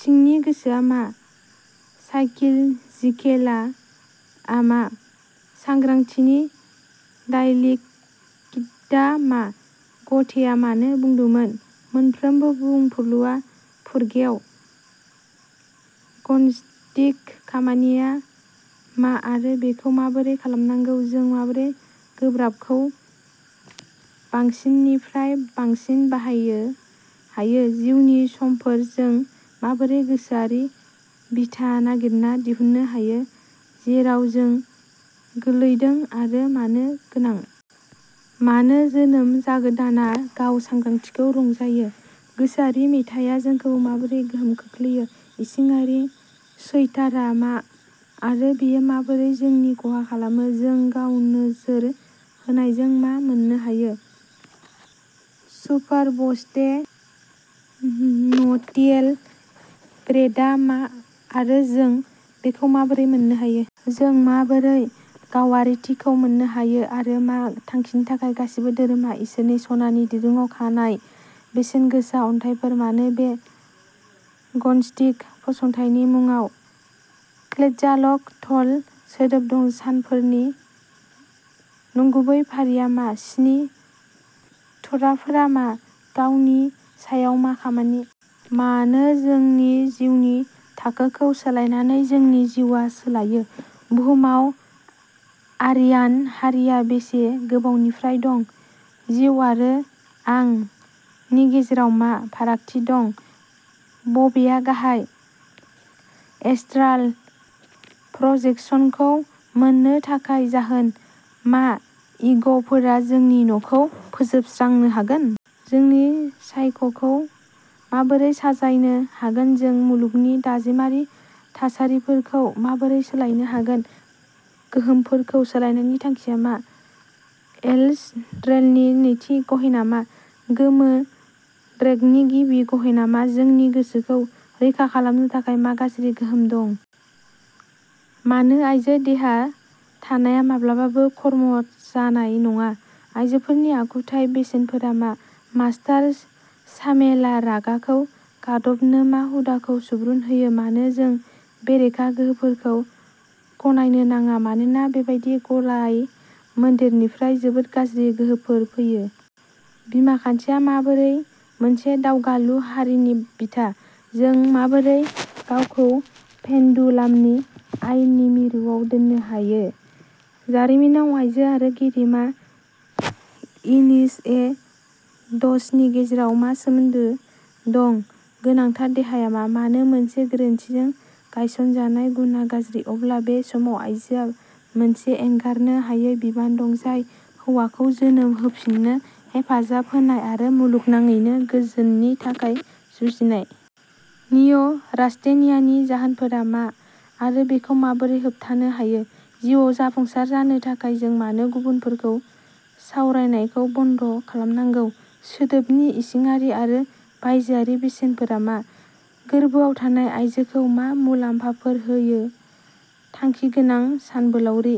सिंनि गोसोआ मा? साइकिल'जिकेल "आं" आ मा? सांग्रांथिनि डायलेक्टिकआ मा? ग'थेआ मानो बुंदोंमोनः "मोनफ्रोमबो बुंफुरलुआ फुरगेव"? ग'नस्टिक खामानिया मा आरो बेखौ माबोरै खालामनांगौ? जों माबोरै गोब्राबखौ बांसिननिफ्राय बांसिन बाहायनो हायो? जिउनि समफोर? जों माबोरै गोसोआरि बिथा नागिरना दिहुननो हायो जेराव जों गोलैदों आरो मानो गोनां? मानो जोनोम जागोदानआ गाव-सांग्रांथिखौ रंजायो? गोसोआरि मेथाइया जोंखौ माबोरै गोहोम खोख्लैयो? इसिङारि चैटारआ मा आरो बेयो माबोरै जोंनि खहा खालामो? जों गाव-नोजोर होनायजों मा मोन्नो हायो? सुपारसब्स्टेन्टियेल ब्रेडआ मा आरो जों बेखौ माबोरै मोननो हायो? जों माबोरै गावारिथिखौ मोन्नो हायो आरो मा थांखिनि थाखाय? गासैबो धोरोमा इसोरनि सनानि दिरुंआव खानाय बेसेनगोसा अन्थाइफोर। मानो बे ग'नस्टिक फसंथाननि मुंआव क्वेटजालक'टल सोदोब दं? सानफोरनि नंगुबै फारिआ मा? स्नि तत्वाफोरा मा? गावनि सायाव मा खामानि? मानो, जोंनि जिउनि थाखोखौ सोलायनानै जोंनि जिउआ सोलायो? बुहुमाव आरियान हारिआ बेसे गोबावनिफ्राय दं? जिउ आरो "आं" नि गेजेराव मा फारागथि दं? बबेआ गाहाय? एस्ट्राल प्रजेकसनखौ मोन्नो थाखाय जाहोन? मा इग'फोरा जोंनि न'खौ फोजोबस्रांनो हागोन? जोंनि साइकखौ माबोरै साजायनो हागोन? जों मुलुगनि दाजेमारि थासारिफोरखौ माबोरै सोलायनो हागोन? गोहोमफोरखौ सोलायनायनि थांखिया मा? येल'स ड्रेगननि नैथि गहेना मा? गोमो ड्रेगननि गिबि गहेना मा? जोंनि गोसोखौ रैखा खालामनो थाखाय मा गाज्रि गोहोम दं? मानो आइजो देहा थानाया माब्लाबाबो कर्म जानाय नङा? आयजोफोरनि आखुथाय बेसेनफोरा मा? मास्टार सामेलआ रागाखौ गादबनो मा हुदाखौ सुबुरुन होयो? मानो जों बेरेखा गोहोफोरखौ गलायनो नाङा, मानोना बेबादि गलायमोन्देरनिफ्राय जोबोद गाज्रि गोहोफोर फैयो? बिमाखान्थिया माबोरै मोनसे दावगालु हारिनि बिथा? जों माबोरै गावखौ पेन्डुलामनि आयेननि मिरुआव दोननो हायो? जारिमिनाव आइजो आरो गेदेमा इनिसिएट्सनि गेजेराव मा सोमोन्दो दं? गोनांथार देहाया मा? मानो मोनसे गोरोन्थिजों गायसनजानाय गुनआ गाज्रि? अब्ला बे समाव आइजोआ मोनसे एंगारनो हायै बिबान दं, जाय हौवाखौ जोनोम होफिन्नो हेफाजाब होनाय आरो मुलुगनाङैनो गोजोननि थाखाय जुजिनाय। निय'रास्थेनियानि जाहोनफोरा मा आरो बेखौ माबोरै होबथानो हायो? जिउआव जाफुंसार जानो थाखाय जों मानो गुबुनफोरखौ सावरायनायखौ बन्द खालामनांगौ? सोदोबनि इसिङारि आरो बायजोआरि बेसेनफोरा मा? गोरबोआव थानाय आइजोखौ मा मुलाम्फाफोर होयो थांखिगोनां सानबोलावरि?